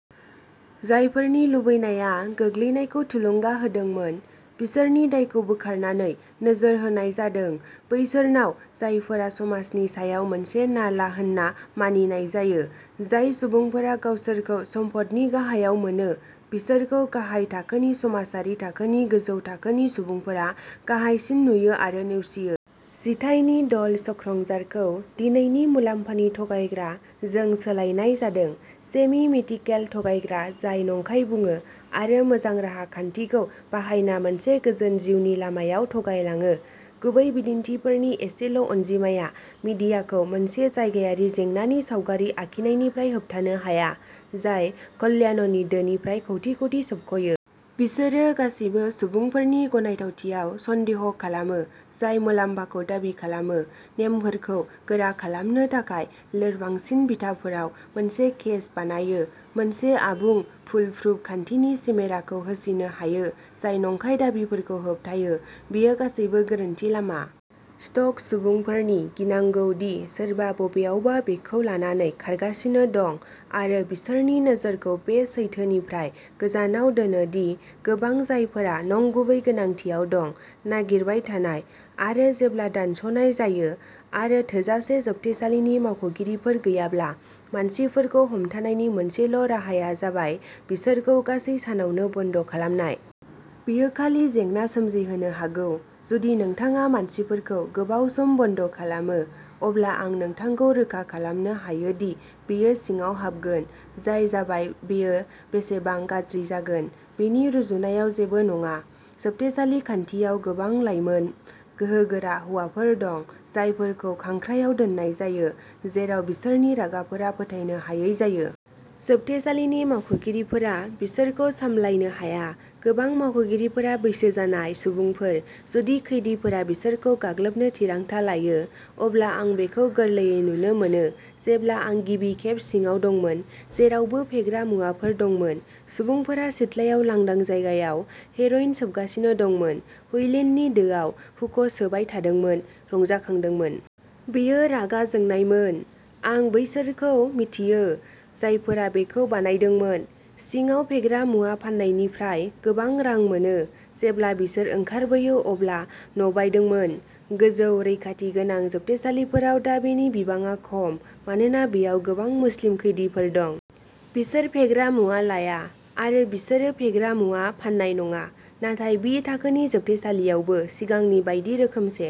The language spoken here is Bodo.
जायफोरनि लुबैनाया गोग्लैनायखौ थुलुंगा होदोंमोन, बिसोरनि दायखौ बोखारनानै, नोजोर होनाय जादों बैसोरनाव जायफोरा समाजनि सायाव मोनसे नाला होनना मानिनाय जायो। जाय सुबुंफोरा गावसोरखौ सम्फदनि गाहायाव मोनो, बिसोरखौ गाहाय थाखोनि समाजारि थाखोनि गोजौ थाखोनि सुबुंफोरा गाहायसिन नुयो आरो नेवसियो। जिथाइनि "ड'ल स्क्रंजार" खौ दिनैनि "मुलाम्फानि थगायग्रा" जों सोलायनाय जादोंः सेमि-मिथिकेल थगायग्रा जाय नंखाय बुङो आरो मोजां राहा खान्थिखौ बाहायना मोनसे गोजोन जिउनि लामायाव थगायलाङो। गुबै बिदिन्थिफोरनि एसेल'अनजिमाया मिडियाखौ मोनसे जायगायारि जेंनानि सावगारि आखिनायनिफ्राय होबथानो हाया, जाय कल्याणनि दोनिफ्राय कौटि कौटि सोबख'यो। बिसोरो गासिबो सुबुंफोरनि गनायथावथियाव सन्देह खालामो, जाय मुलाम्फाखौ दाबि खालामो, नेमफोरखौ गोरा खालामनो थाखाय लोरबांसिन बिथाफोराव मोनसे केस बानायो, मोनसे आबुं, फुलप्रुफ खान्थिनि चिमेराखौ होसिनो हायो जाय नंखाय दाबिफोरखौ होबथायो। बेयो गासैबो गोरोन्थि लामा। स्ट'क सुबुंफोरनि गिनांगौ दि सोरबा बबेयावबा बेखौ लानानै खारगासिनो दं, आरो बिसोरनि नोजोरखौ बे सैथोनिफ्राय गोजानाव दोनो दि गोबां जायफोरा नंगुबै गोनांथिआव दं। नागिरबाय थानाय। आरो जेब्ला दानस'नाय जायो, आरो थोजासे जोबथेसालिनि मावख'गिरिफोर गैयाब्ला, मानसिफोरखौ हमथानायनि मोनसेल'राहाया जाबाय बिसोरखौ गासै सानावनो बन्द'खालामनाय। बेयो खालि जेंना सोमजिहोनो हागौ। जुदि नोंथाङा मानसिफोरखौ गोबाव सम बन्द'खालामो, अब्ला आं नोंथांखौ रोखा खालामनो हायो दि बेयो सिङाव हाबगोन। जाय जाबाय बेयो बेसेबां गाज्रि जागोन बेनि रुजुनायाव जेबो नङा। जोबथेसालि खान्थियाव गोबां लाइमोन, गोहोगोरा हौवाफोर दं, जायफोरखौ खांख्रायाव दोननाय जायो जेराव बिसोरनि रागाफोरा फोथायनो हायै जायो। जोबथेसालिनि मावख'गिरिफोरा बिसोरखौ सामलायनो हाया। गोबां मावख'गिरिफोरा बैसो जानाय सुबुंफोर-जुदि खैदिफोरा बिसोरखौ गाग्लोबनो थिरांथा लायो, अब्ला आं बेखौ गोरलैयै नुनो मोनो। जेब्ला आं गिबि खेब सिङाव दंमोन, जेरावबो फेग्रा मुवाफोर दंमोन। सुबुंफोरा सिथ्लायाव लांदां जायगायाव हेर'इन सोबगासिनो दंमोन, हुइलिननि दोआव हुख सोबाय थादोंमोन, रंजाखांदोंमोन। बेयो रागा जोंनायमोन। आं बैसोरखौ मिथियो जायफोरा बेखौ बानायदोंमोन। सिङाव फेग्रा मुवा फाननायनिफ्राय गोबां रां मोनो, जेब्ला बिसोर ओंखारबोयो अब्ला न'बायदोंमोन। गोजौ रैखाथि गोनां जोबथेसालिफोराव दा बेनि बिबाङा खम, मानोना बेयाव गोबां मुस्लिम खैदीफोर दं। बिसोर फेग्रा मुवा लाया आरो बिसोरो फेग्रा मुवा फाननाय नङा। नाथाय बि थाखोनि जोबथेसालियावबो सिगांनि बायदि रोखोमसे।